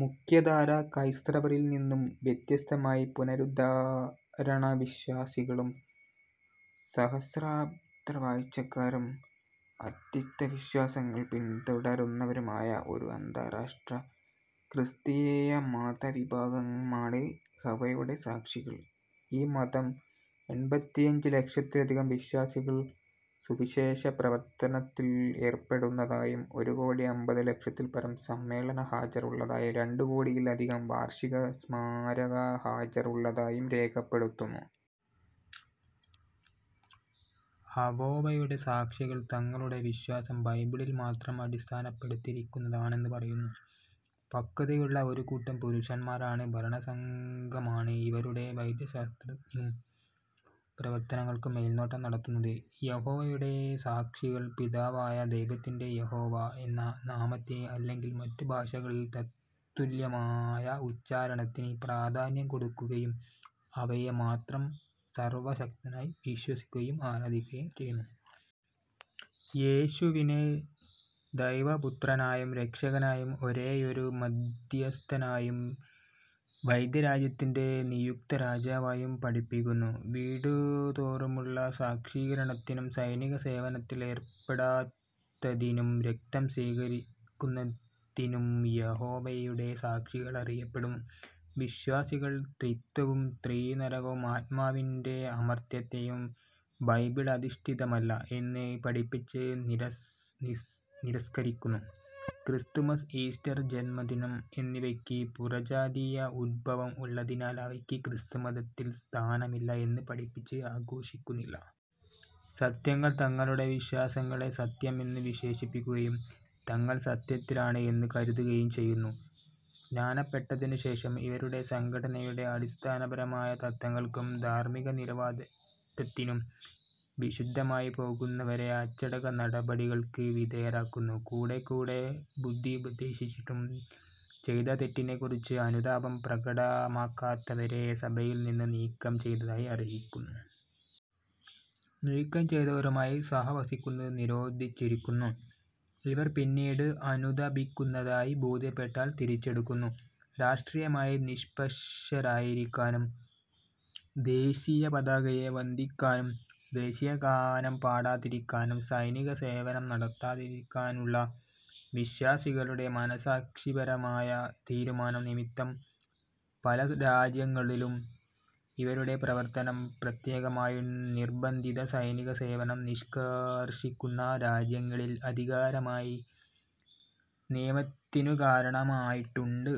മുഖ്യധാരാക്രൈസ്തവരിൽ നിന്നു വ്യത്യസ്തമായി പുനരുദ്ധാരണവിശ്വാസികളും, സഹസ്രാബ്ദവാഴ്ച്ചക്കാരും, അത്രിത്വവിശ്വാസങ്ങൾ പിന്തുടരുന്നവരുമായ ഒരു അന്താരാഷ്ട്ര ക്രിസ്തീയ മതവിഭാഗമാണ് യഹോവയുടെ സാക്ഷികൾ. ഈ മതം എണ്പത്തിയഞ്ച് ലക്ഷത്തിലധികം വിശ്വാസികൾ സുവിശേഷപ്രവർത്തനത്തിൽ ഏർപ്പെടുന്നതായും, ഒരു കോടി അമ്പതു ലക്ഷത്തിൽപരം സമ്മേളനഹാജർ ഉള്ളതായും രണ്ട് കോടിയിൽ അധികം വാർഷിക സ്മാരക ഹാജർ ഉള്ളതായും രേഖപ്പെടുത്തുന്നു. യഹോവയുടെ സാക്ഷികൾ തങ്ങളുടെ വിശ്വാസം ബൈബിളിൽ മാത്രം അടിസ്ഥാനപ്പെടുത്തിയിരിക്കുന്നതാണെന്ന് പറയുന്നു. പക്വതയുള്ള ഒരു കൂട്ടം പുരുഷന്മാരാലുള്ള ഭരണസംഘമാണ് ഇവരുടെ ദൈവശാസ്ത്രത്തിനും, പ്രവർത്തനങ്ങൾക്കും മേൽനോട്ടം നടത്തുന്നത് യഹോവയുടെ സാക്ഷികൾ പിതാവായ ദൈവത്തിന്റെ യഹോവ എന്ന നാമത്തിന്—അല്ലെങ്കിൽ മറ്റുഭാഷകളിൽ തത്തുല്യമായ ഉച്ചാരണത്തിന്—പ്രാധാന്യം കൊടുക്കുകയും അവനെ മാത്രം സർവ്വശക്തനായ് വിശ്വസിക്കുകയും ആരാധിക്കുകയും ചെയ്യുന്നു. യേശുവിനെ ദൈവപുത്രനായും, രക്ഷകനായും, ഒരേയൊരു മദ്ധ്യസ്ഥനായും, ദൈവരാജ്യത്തിന്റെ നിയുക്ത രാജാവായും പഠിപ്പിക്കുന്നു. വീടുതോറുമുള്ള സാക്ഷീകരണത്തിനും, സൈനിക സേവനത്തിൽ ഏർപ്പെടാത്തതിനും, രക്തം സ്വീകരിക്കാത്തതിനും യഹോവയുടെ സാക്ഷികൾ അറിയപ്പെടുന്നു. വിശ്വാസികൾ ത്രിത്വവും, തീ നരകവും, ആത്മാവിന്റെ അമർത്യതയും ബൈബിളധിഷ്ഠിതമല്ല എന്ന് പഠിപ്പിച്ച് തിരസ്കരിക്കുന്നു. ക്രിസ്തുമസ്, ഈസ്റ്റർ, ജന്മദിനം എന്നിവയ്ക്ക് പുറജാതീയ ഉദ്ഭവം ഉള്ളതിനാൽ അവയ്ക്ക് ക്രിസ്തുമതത്തിൽ സ്ഥാനമില്ല എന്നു പഠിപ്പിച്ച് ആഘോഷിക്കുന്നില്ല. അംഗങ്ങൾ തങ്ങളുടെ വിശ്വാസങ്ങളെ "സത്യം" എന്ന് വിശേഷിപ്പിക്കുകയും, തങ്ങൾ "സത്യത്തിലാണ്" എന്ന് കരുതുകയും ചെയ്യുന്നു. സ്നാനപ്പെട്ടതിനു ശേഷം ഇവരുടെ സംഘടനയുടെ അടിസ്ഥാനപരമായ തത്ത്വങ്ങൾക്കും, ധാർമ്മിക നിലവാരത്തിനും വിരുദ്ധമായി പോകുന്നവരെ അച്ചടക്ക നടപടികൾക്ക് വിധേയരാക്കുന്നു. കൂടെക്കൂടെ ബുദ്ധിയുപദേശിച്ചിട്ടും ചെയ്ത തെറ്റിനെക്കുറിച്ച് അനുതാപം പ്രകടമാക്കാത്തവരെ സഭയിൽ നിന്ന് നീക്കം ചെയ്തതായി അറിയിക്കപ്പെടുന്നു. നീക്കം ചെയ്തവരുമായി സഹവസിക്കുന്നത് നിരോധിച്ചിരിക്കുന്നു. ഇവർ പിന്നീട് അനുതപിക്കുന്നതായി ബോധ്യപ്പെട്ടാൽ തിരിച്ചെടുക്കുന്നു. രാഷ്ട്രീയമായി നിഷ്പക്ഷരായിരിക്കാനും, ദേശീയപതാകയെ വന്ദിക്കാതിരിക്കാനും, ദേശീയഗാനം പാടാതിരിക്കാനും, സൈനിക സേവനം നടത്താതിരിക്കാനുള്ള വിശ്വാസികളുടെ മനസാക്ഷിപരമായ തീരുമാനം നിമിത്തം പല രാജ്യങ്ങളിലും ഇവരുടെ പ്രവർത്തനം, പ്രത്യേകമായും നിർബന്ധിത സൈനിക സേവനം നിഷ്കർഷിക്കുന്ന രാജ്യങ്ങളിൽ അധികാരികളുമായി നിയമയുദ്ധത്തിനു കാരണമായിട്ടുണ്ട്.